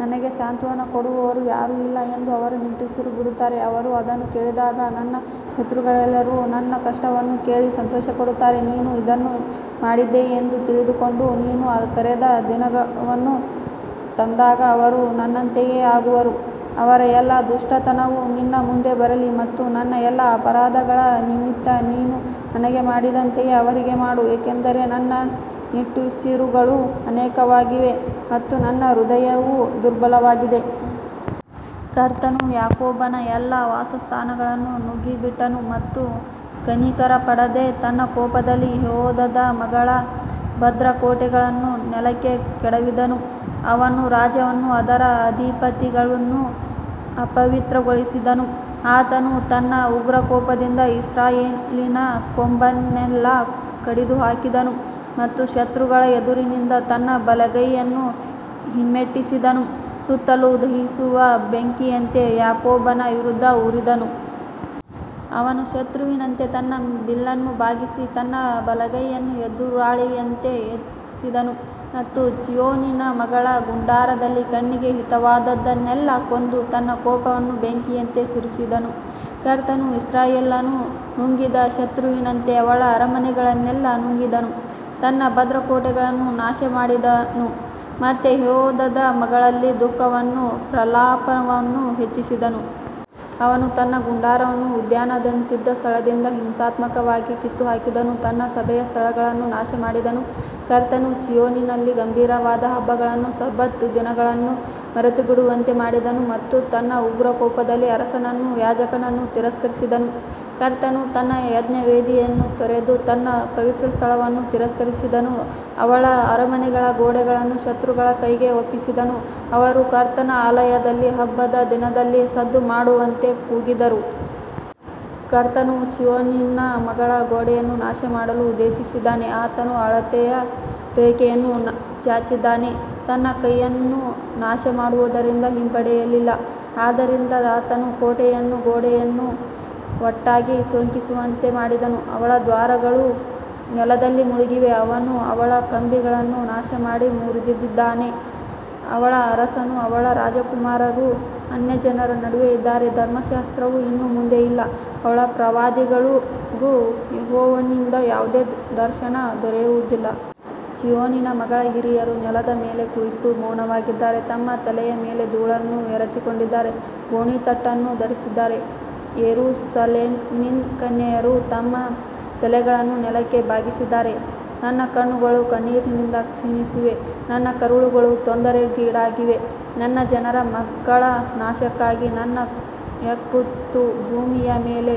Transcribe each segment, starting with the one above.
ನನಗೆ ಸಾಂತ್ವನ ಕೊಡುವವರು ಯಾರೂ ಇಲ್ಲ ಎಂದು ಅವರು ನಿಟ್ಟುಸಿರು ಬಿಡುತ್ತಾರೆ, ಅವರು ಅದನ್ನು ಕೇಳಿದ್ದಾರೆ. ನನ್ನ ಶತ್ರುಗಳೆಲ್ಲರೂ ನನ್ನ ಕಷ್ಟವನ್ನು ಕೇಳಿ ಸಂತೋಷಪಡುತ್ತಾರೆ, ನೀನು ಇದನ್ನು ಮಾಡಿದ್ದೀಯೆಂದು ತಿಳಿದುಕೊಂಡು, ನೀನು ಕರೆದ ದಿನವನ್ನು ತಂದಾಗ ಅವರು ನನ್ನಂತೆಯೇ ಆಗುವರು. ಅವರ ಎಲ್ಲಾ ದುಷ್ಟತನವು ನಿನ್ನ ಮುಂದೆ ಬರಲಿ ಮತ್ತು ನನ್ನ ಎಲ್ಲಾ ಅಪರಾಧಗಳ ನಿಮಿತ್ತ ನೀನು ನನಗೆ ಮಾಡಿದಂತೆಯೇ ಅವರಿಗೆ ಮಾಡು, ಏಕೆಂದರೆ ನನ್ನ ನಿಟ್ಟುಸಿರುಗಳು ಅನೇಕವಾಗಿವೆ ಮತ್ತು ನನ್ನ ಹೃದಯವು ದುರ್ಬಲವಾಗಿದೆ. ಕರ್ತನು ಯಾಕೋಬನ ಎಲ್ಲಾ ವಾಸಸ್ಥಾನಗಳನ್ನು ನುಂಗಿಬಿಟ್ಟನು ಮತ್ತು ಕನಿಕರಪಡದೆ ತನ್ನ ಕೋಪದಲ್ಲಿ ಯೆಹೂದದ ಮಗಳ ಭದ್ರಕೋಟೆಗಳನ್ನು ನೆಲಕ್ಕೆ ಕೆಡವಿದನು, ಅವನು ರಾಜ್ಯವನ್ನೂ ಅದರ ಅಧಿಪತಿಗಳನ್ನೂ ಅಪವಿತ್ರಗೊಳಿಸಿದನು. ಆತನು ತನ್ನ ಉಗ್ರಕೋಪದಿಂದ ಇಸ್ರಾಯೇಲಿನ ಕೊಂಬನ್ನೆಲ್ಲಾ ಕಡಿದುಹಾಕಿದನು ಮತ್ತು ಶತ್ರುಗಳ ಎದುರಿನಿಂದ ತನ್ನ ಬಲಗೈಯನ್ನು ಹಿಮ್ಮೆಟ್ಟಿಸಿದನು, ಸುತ್ತಲೂ ದಹಿಸುವ ಬೆಂಕಿಯಂತೆ ಯಾಕೋಬನ ವಿರುದ್ಧ ಉರಿದನು. ಅವನು ಶತ್ರುವಿನಂತೆ ತನ್ನ ಬಿಲ್ಲನ್ನು ಬಾಗಿಸಿ ತನ್ನ ಬಲಗೈಯನ್ನು ಎದುರಾಳಿಯಂತೆ ಎತ್ತಿದನು ಮತ್ತು ಚೀಯೋನಿನ ಮಗಳ ಗುಡಾರದಲ್ಲಿ ಕಣ್ಣಿಗೆ ಹಿತವಾದದ್ದನ್ನೆಲ್ಲಾ ಕೊಂದು ತನ್ನ ಕೋಪವನ್ನು ಬೆಂಕಿಯಂತೆ ಸುರಿಸಿದನು. ಕರ್ತನು ಇಸ್ರಾಯೇಲನ್ನು ನುಂಗಿದ ಶತ್ರುವಿನಂತೆ ಅವಳ ಅರಮನೆಗಳನ್ನೆಲ್ಲಾ ನುಂಗಿದನು, ತನ್ನ ಭದ್ರಕೋಟೆಗಳನ್ನು ನಾಶಮಾಡಿದನು ಮತ್ತು ಯೆಹೂದದ ಮಗಳಲ್ಲಿ ದುಃಖವನ್ನೂ ಪ್ರಲಾಪವನ್ನೂ ಹೆಚ್ಚಿಸಿದನು. ಅವನು ತನ್ನ ಗುಡಾರವನ್ನು ಉದ್ಯಾನದಂತಿದ್ದ ಸ್ಥಳದಿಂದ ಹಿಂಸಾತ್ಮಕವಾಗಿ ಕಿತ್ತುಹಾಕಿದನು, ತನ್ನ ಸಭೆಯ ಸ್ಥಳಗಳನ್ನು ನಾಶಮಾಡಿದನು, ಕರ್ತನು ಚೀಯೋನಿನಲ್ಲಿ ಗಂಭೀರವಾದ ಹಬ್ಬಗಳನ್ನೂ ಸಬ್ಬತ್ ದಿನಗಳನ್ನೂ ಮರೆತುಬಿಡುವಂತೆ ಮಾಡಿದನು ಮತ್ತು ತನ್ನ ಉಗ್ರಕೋಪದಲ್ಲಿ ಅರಸನನ್ನೂ ಯಾಜಕನನ್ನೂ ತಿರಸ್ಕರಿಸಿದನು. ಕರ್ತನು ತನ್ನ ಯಜ್ಞವೇದಿಯನ್ನು ತೊರೆದು ತನ್ನ ಪವಿತ್ರಸ್ಥಳವನ್ನು ತಿರಸ್ಕರಿಸಿದನು, ಅವಳ ಅರಮನೆಗಳ ಗೋಡೆಗಳನ್ನು ಶತ್ರುಗಳ ಕೈಗೆ ಒಪ್ಪಿಸಿದನು, ಅವರು ಕರ್ತನ ಆಲಯದಲ್ಲಿ ಹಬ್ಬದ ದಿನದಲ್ಲಿ ಸದ್ದು ಮಾಡುವಂತೆ ಕೂಗಿದರು. ಕರ್ತನು ಚೀಯೋನಿನ ಮಗಳ ಗೋಡೆಯನ್ನು ನಾಶಮಾಡಲು ಉದ್ದೇಶಿಸಿದ್ದಾನೆ, ಆತನು ಅಳತೆಯ ರೇಖೆಯನ್ನು ಚಾಚಿದ್ದಾನೆ, ತನ್ನ ಕೈಯನ್ನು ನಾಶಮಾಡುವುದರಿಂದ ಹಿಂಪಡೆಯಲಿಲ್ಲ, ಆದ್ದರಿಂದ ಆತನು ಕೋಟೆಯನ್ನೂ ಗೋಡೆಯನ್ನೂ ಒಟ್ಟಾಗಿ ಶೋಕಿಸುವಂತೆ ಮಾಡಿದನು. ಅವಳ ದ್ವಾರಗಳು ನೆಲದಲ್ಲಿ ಮುಳುಗಿವೆ, ಅವನು ಅವಳ ಕಂಬಿಗಳನ್ನು ನಾಶಮಾಡಿ ಮುರಿದಿದ್ದಾನೆ, ಅವಳ ಅರಸನೂ ಅವಳ ರಾಜಕುಮಾರರೂ ಅನ್ಯಜನರ ನಡುವೆ ಇದ್ದಾರೆ, ಧರ್ಮಶಾಸ್ತ್ರವು ಇನ್ನು ಮುಂದೆ ಇಲ್ಲ, ಅವಳ ಪ್ರವಾದಿಗಳಿಗೂ ಯೆಹೋವನಿಂದ ಯಾವುದೇ ದರ್ಶನ ದೊರೆಯುವುದಿಲ್ಲ. ಚೀಯೋನಿನ ಮಗಳ ಹಿರಿಯರು ನೆಲದ ಮೇಲೆ ಕುಳಿತು ಮೌನವಾಗಿದ್ದಾರೆ, ತಮ್ಮ ತಲೆಯ ಮೇಲೆ ಧೂಳನ್ನು ಎರಚಿಕೊಂಡಿದ್ದಾರೆ, ಗೋಣಿತಟ್ಟನ್ನು ಧರಿಸಿದ್ದಾರೆ, ಯೆರೂಸಲೇಮಿನ ಕನ್ಯೆಯರು ತಮ್ಮ ತಲೆಗಳನ್ನು ನೆಲಕ್ಕೆ ಬಾಗಿಸಿದ್ದಾರೆ. ನನ್ನ ಕಣ್ಣುಗಳು ಕಣ್ಣೀರಿನಿಂದ ಕ್ಷೀಣಿಸಿವೆ, ನನ್ನ ಕರುಳುಗಳು ತೊಂದರೆಗೀಡಾಗಿವೆ, ನನ್ನ ಜನರ ಮಗಳ ನಾಶಕ್ಕಾಗಿ ನನ್ನ ಯಕೃತ್ತು ಭೂಮಿಯ ಮೇಲೆ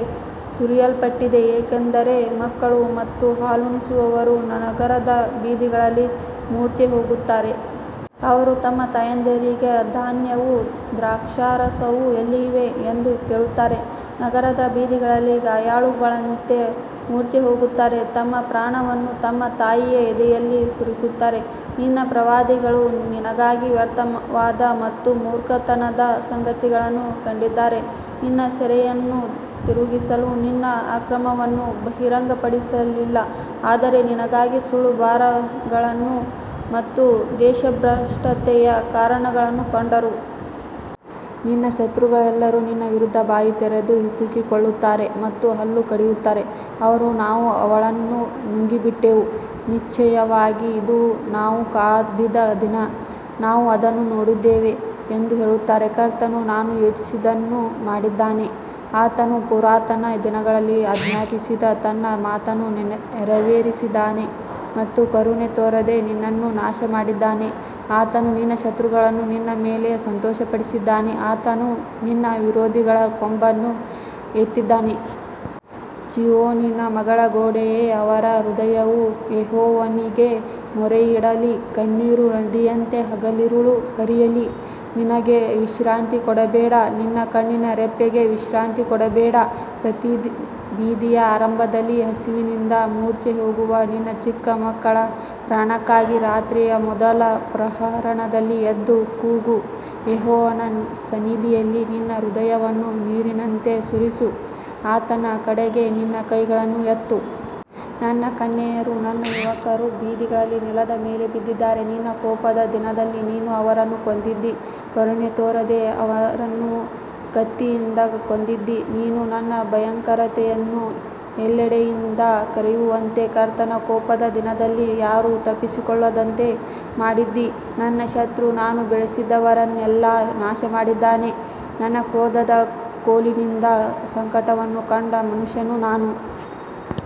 ಸುರಿಯಲ್ಪಟ್ಟಿದೆ, ಏಕೆಂದರೆ ಮಕ್ಕಳು ಮತ್ತು ಹಾಲುಣಿಸುವವರು ನಗರದ ಬೀದಿಗಳಲ್ಲಿ ಮೂರ್ಛೆಹೋಗುತ್ತಾರೆ. ಅವರು ತಮ್ಮ ತಾಯಂದಿರಿಗೆ, ಧಾನ್ಯವೂ ದ್ರಾಕ್ಷಾರಸವೂ ಎಲ್ಲಿವೆ ಎಂದು ಕೇಳುತ್ತಾರೆ, ನಗರದ ಬೀದಿಗಳಲ್ಲಿ ಗಾಯಾಳುಗಳಂತೆ ಮೂರ್ಛೆಹೋಗುತ್ತಾರೆ, ತಮ್ಮ ಪ್ರಾಣವನ್ನು ತಮ್ಮ ತಾಯಿಯ ಎದೆಯಲ್ಲಿ ಸುರಿಯುತ್ತಾರೆ. ನಿನ್ನ ಪ್ರವಾದಿಗಳು ನಿನಗಾಗಿ ವ್ಯರ್ಥವಾದ ಮತ್ತು ಮೂರ್ಖತನದ ಸಂಗತಿಗಳನ್ನು ಕಂಡಿದ್ದಾರೆ, ನಿನ್ನ ಸೆರೆಯನ್ನು ತಿರುಗಿಸಲು ನಿನ್ನ ಅಕ್ರಮವನ್ನು ಬಹಿರಂಗಪಡಿಸಲಿಲ್ಲ, ಆದರೆ ನಿನಗಾಗಿ ಸುಳ್ಳು ಭಾರಗಳನ್ನು ಮತ್ತು ದೇಶಭ್ರಷ್ಟತೆಯ ಕಾರಣಗಳನ್ನು ಕಂಡರು. ನಿನ್ನ ಶತ್ರುಗಳೆಲ್ಲರೂ ನಿನ್ನ ವಿರುದ್ಧ ಬಾಯಿ ತೆರೆದು ಹಿಸುಕಿಕೊಳ್ಳುತ್ತಾರೆ ಮತ್ತು ಹಲ್ಲು ಕಡಿಯುತ್ತಾರೆ, ಅವರು, ನಾವು ಅವಳನ್ನು ನುಂಗಿಬಿಟ್ಟೆವು, ನಿಶ್ಚಯವಾಗಿ ಇದು ನಾವು ಕಾದಿದ್ದ ದಿನ, ನಾವು ಅದನ್ನು ನೋಡಿದ್ದೇವೆ ಎಂದು ಹೇಳುತ್ತಾರೆ. ಕರ್ತನು ತಾನು ಯೋಚಿಸಿದ್ದನ್ನು ಮಾಡಿದ್ದಾನೆ, ಆತನು ಪುರಾತನ ದಿನಗಳಲ್ಲಿ ಆಜ್ಞಾಪಿಸಿದ ತನ್ನ ಮಾತನ್ನು ನೆರವೇರಿಸಿದ್ದಾನೆ ಮತ್ತು ಕರುಣೆ ತೋರದೆ ನಿನ್ನನ್ನು ನಾಶಮಾಡಿದ್ದಾನೆ, ಆತನು ನಿನ್ನ ಶತ್ರುಗಳನ್ನು ನಿನ್ನ ಮೇಲೆ ಸಂತೋಷಪಡಿಸಿದ್ದಾನೆ, ಆತನು ನಿನ್ನ ವಿರೋಧಿಗಳ ಕೊಂಬನ್ನು ಎತ್ತಿದ್ದಾನೆ. ಚೀಯೋನಿನ ಮಗಳ ಗೋಡೆಯೇ, ಅವರ ಹೃದಯವು ಯೆಹೋವನಿಗೆ ಮೊರೆಯಿಡಲಿ, ಕಣ್ಣೀರು ನದಿಯಂತೆ ಹಗಲಿರುಳು ಹರಿಯಲಿ, ನಿನಗೆ ವಿಶ್ರಾಂತಿ ಕೊಡಬೇಡ, ನಿನ್ನ ಕಣ್ಣಿನ ರೆಪ್ಪೆಗೆ ವಿಶ್ರಾಂತಿ ಕೊಡಬೇಡ. ಪ್ರತಿ ಬೀದಿಯ ಆರಂಭದಲ್ಲಿ ಹಸಿವಿನಿಂದ ಮೂರ್ಛೆಹೋಗುವ ನಿನ್ನ ಚಿಕ್ಕ ಮಕ್ಕಳ ಪ್ರಾಣಕ್ಕಾಗಿ ರಾತ್ರಿಯ ಮೊದಲ ಪ್ರಹರದಲ್ಲಿ ಎದ್ದು ಕೂಗು, ಯೆಹೋವನ ಸನ್ನಿಧಿಯಲ್ಲಿ ನಿನ್ನ ಹೃದಯವನ್ನು ನೀರಿನಂತೆ ಸುರಿಸು, ಆತನ ಕಡೆಗೆ ನಿನ್ನ ಕೈಗಳನ್ನು ಎತ್ತು. ನನ್ನ ಕನ್ಯೆಯರೂ ನನ್ನ ಯುವಕರೂ ಬೀದಿಗಳಲ್ಲಿ ನೆಲದ ಮೇಲೆ ಬಿದ್ದಿದ್ದಾರೆ, ನಿನ್ನ ಕೋಪದ ದಿನದಲ್ಲಿ ನೀನು ಅವರನ್ನು ಕೊಂದಿದ್ದೀ, ಕರುಣೆ ತೋರದೆ ಅವರನ್ನು ಕತ್ತಿಯಿಂದ ಕೊಂದಿದ್ದೀ. ನೀನು ನನ್ನ ಭಯಂಕರತೆಯನ್ನು ಎಲ್ಲೆಡೆಯಿಂದ ಕರೆಯುವಂತೆ, ಕರ್ತನ ಕೋಪದ ದಿನದಲ್ಲಿ ಯಾರೂ ತಪ್ಪಿಸಿಕೊಳ್ಳದಂತೆ ಮಾಡಿದ್ದೀ, ನನ್ನ ಶತ್ರು ನಾನು ಬೆಳೆಸಿದವರನ್ನೆಲ್ಲಾ ನಾಶಮಾಡಿದ್ದಾನೆ. ತನ್ನ ಕ್ರೋಧದ ಕೋಲಿನಿಂದ ಸಂಕಟವನ್ನು ಕಂಡ ಮನುಷ್ಯನು ನಾನು.